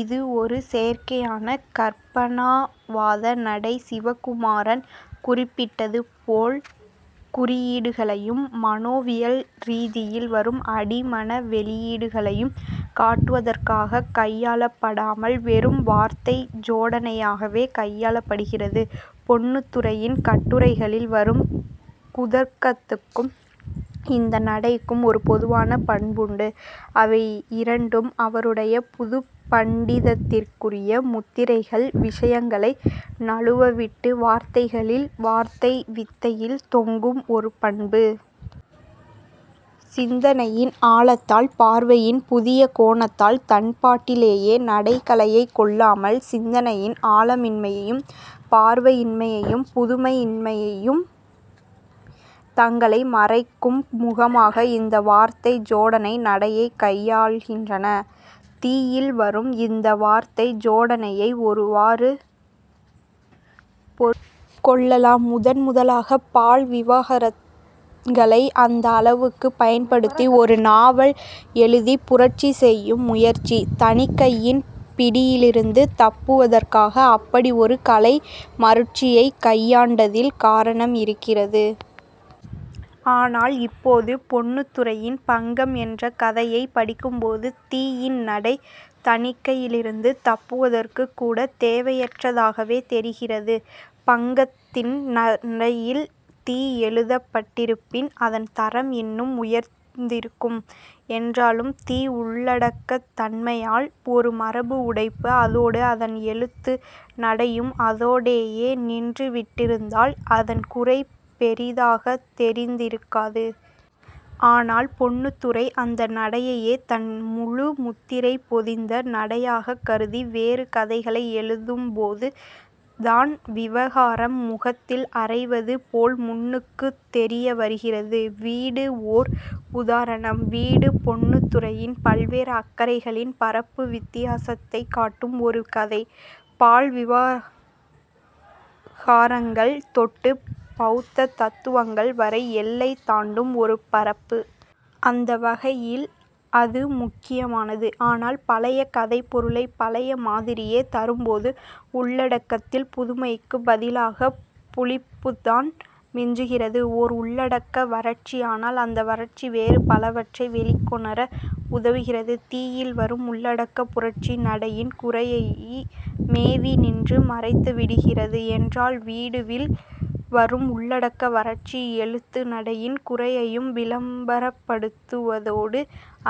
இது ஒரு செயற்கையான கற்பனாவாத நடை. சிவகுமாரன் குறிப்பிட்டது போல், குறியீடுகளையும் மனோவியல் ரீதியில் வரும் அடிமன வெளியீடுகளையும் காட்டுவதற்காகக் கையாளப்படாமல், வெறும் வார்த்தை ஜோடனையாகவே கையாளப்படுகிறது. பொன்னுத்துரையின் கட்டுரைகளில் வரும் குதர்க்கத்துக்கும் இந்த நடைக்கும் ஒரு பொதுவான பண்புண்டு. அவை இரண்டும் அவருடைய புதுப் பண்டிதத்திற்குரிய முத்திரைகள்; விஷயங்களை நழுவவிட்டு வார்த்தைகளில், வார்த்தை வித்தையில் தொங்கும் ஒரு பண்பு. சிந்தனையின் ஆழத்தால், பார்வையின் புதிய கோணத்தால், தன்பாட்டிலேயே நடை கலையைக் கொள்ளாமல்... சிந்தனையின் ஆழமின்மையும், பார்வையின்மையும், புதுமையின்மையும் தங்களை மறைக்கும் முகமாக இந்த வார்த்தை ஜோடனை நடையைக் கையாள்கின்றன. 'தீ'யில் வரும் இந்த வார்த்தை ஜோடனையை ஒருவாறு பொறுத்துக் கொள்ளலாம். முதன்முதலாகப் பால் விவகாரங்களை அந்த அளவுக்குப் பயன்படுத்தி ஒரு நாவல் எழுதிப் புரட்சி செய்யும் முயற்சி; தணிக்கையின் பிடியிலிருந்து தப்புவதற்காக அப்படி ஒரு கலை மருட்சியைக் கையாண்டதில் காரணம் இருக்கிறது. ஆனால், இப்போது பொன்னுத்துரையின் 'பங்கம்' என்ற கதையைப் படிக்கும்போது, 'தீ'யின் நடை தணிக்கையிலிருந்து தப்புவதற்குக் கூடத் தேவையற்றதாகவே தெரிகிறது. 'பங்கத்'தின் நடையில் 'தீ' எழுதப்பட்டிருப்பின், அதன் தரம் இன்னும் உயர்ந்திருக்கும். என்றாலும், 'தீ' உள்ளடக்கத் தன்மையால் ஒரு மரபு உடைப்பு. அதோடு அதன் எழுத்து நடையும் அதோடேயே நின்றுவிட்டிருந்தால், அதன் குறை பெரிதாகத் தெரிந்திருக்காது. ஆனால் பொன்னுத்துரை அந்த நடையையே தன் முழு முத்திரை பொதிந்த நடையாகக் கருதி வேறு கதைகளை எழுதும்போதுதான், விவகாரம் முகத்தில் அறைவது போல் முன்னுக்குத் தெரியவருகிறது. 'வீடு' ஓர் உதாரணம். 'வீடு' பொன்னுத்துரையின் பல்வேறு அக்கறைகளின் பரப்பு வித்தியாசத்தைக் காட்டும் ஒரு கதை. பால் விவகாரங்கள் தொட்டு பௌத்த தத்துவங்கள் வரை எல்லை தாண்டும் ஒரு பரப்பு. அந்த வகையில் அது முக்கியமானது. ஆனால் பழைய கதைப்பொருளைப் பழைய மாதிரியே தரும்போது, உள்ளடக்கத்தில் புதுமைக்குப் பதிலாகப் புளிப்புதான் மிஞ்சுகிறது; ஓர் உள்ளடக்க வறட்சி. ஆனால் அந்த வறட்சி வேறு பலவற்றை வெளிக்கொணர உதவுகிறது. 'தீ'யில் வரும் உள்ளடக்கப் புரட்சி நடையின் குறையை மேவி நின்று மறைத்துவிடுகிறது என்றால், 'வீடு'வில் வரும் உள்ளடக்க வறட்சி எழுத்து நடையின் குறையையும் விளம்பரப்படுத்துவதோடு,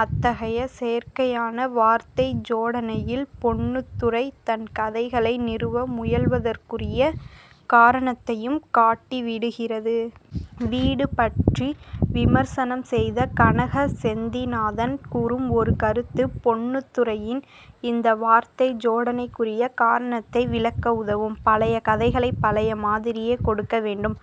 அத்தகைய செயற்கையான வார்த்தை ஜோடனையில் பொன்னுத்துரை தன் கதைகளை நிறுவ முயல்வதற்குரிய காரணத்தையும் காட்டிவிடுகிறது. 'வீடு' பற்றி விமர்சனம் செய்த கனக செந்திநாதன் கூறும் ஒரு கருத்து, பொன்னுத்துரையின் இந்த வார்த்தை ஜோடனைக்குரிய காரணத்தை விளக்க உதவும். "பழைய கதைகளைப் பழைய மாதிரியே கொடுக்க வேண்டும்;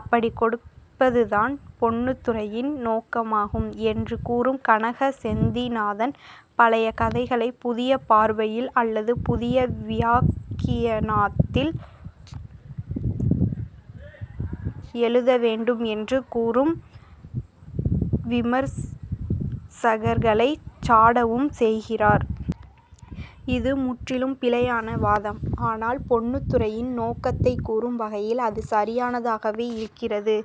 அப்படிக் கொடுப்பதுதான் பொன்னுத்துரையின் நோக்கமாகும்" என்று கூறும் கனக செந்திநாதன், பழைய கதைகளைப் புதிய பார்வையில் அல்லது புதிய வியாக்கியானத்தில் எழுத வேண்டும் என்று கூறும் விமர்சகர்களைச் சாடவும் செய்கிறார். இது முற்றிலும் பிழையான வாதம். ஆனால் பொன்னுத்துரையின் நோக்கத்தைக் கூறும் வகையில் அது சரியானதாகவே இருக்கிறது.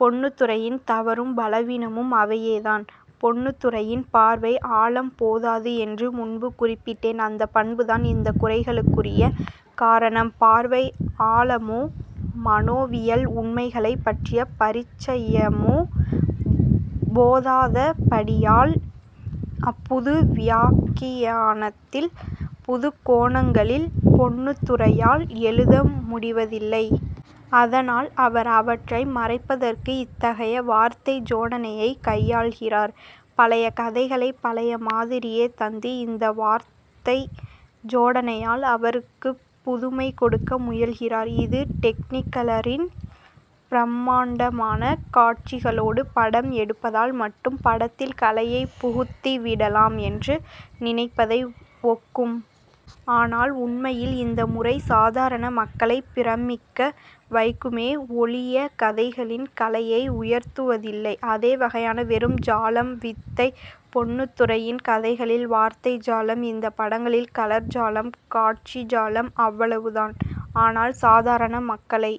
பொன்னுத்துரையின் தவறும் பலவீனமும் அவையேதான். பொன்னுத்துரையின் பார்வை ஆழம் போதாது என்று முன்பு குறிப்பிட்டேன். அந்தப் பண்புதான் இந்தக் குறைகளுக்குரிய காரணம். பார்வை ஆழமோ மனோவியல் உண்மைகளைப் பற்றிய பரிச்சயமோ போதாதபடியால், புது வியாக்கியானத்தில், புதுக்கோணங்களில் பொன்னுத்துரையால் எழுத முடிவதில்லை. அதனால் அவர் அவற்றை மறைப்பதற்கு இத்தகைய வார்த்தை ஜோடனையைக் கையாள்கிறார். பழைய கதைகளைப் பழைய மாதிரியே தந்து, இந்த வார்த்தை ஜோடனையால் அவற்றுக்குப் புதுமை கொடுக்க முயல்கிறார். இது டெக்னிகலரில் பிரம்மாண்டமான காட்சிகளோடு படம் எடுப்பதால் மட்டும் படத்தில் கலையைப் புகுத்திவிடலாம் என்று நினைப்பதை ஒக்கும். ஆனால் உண்மையில் இந்த முறை சாதாரண மக்களைப் பிரமிக்க வைக்குமே ஒழிய, கதைகளின் கலையை உயர்த்துவதில்லை. அதே வகையான வெறும் ஜாலம்; வித்தை. பொன்னுத்துரையின் கதைகளில் வார்த்தை ஜாலம்; இந்தப் படங்களில் கலர் ஜாலம், காட்சி ஜாலம் — அவ்வளவுதான். ஆனால் சாதாரண மக்களை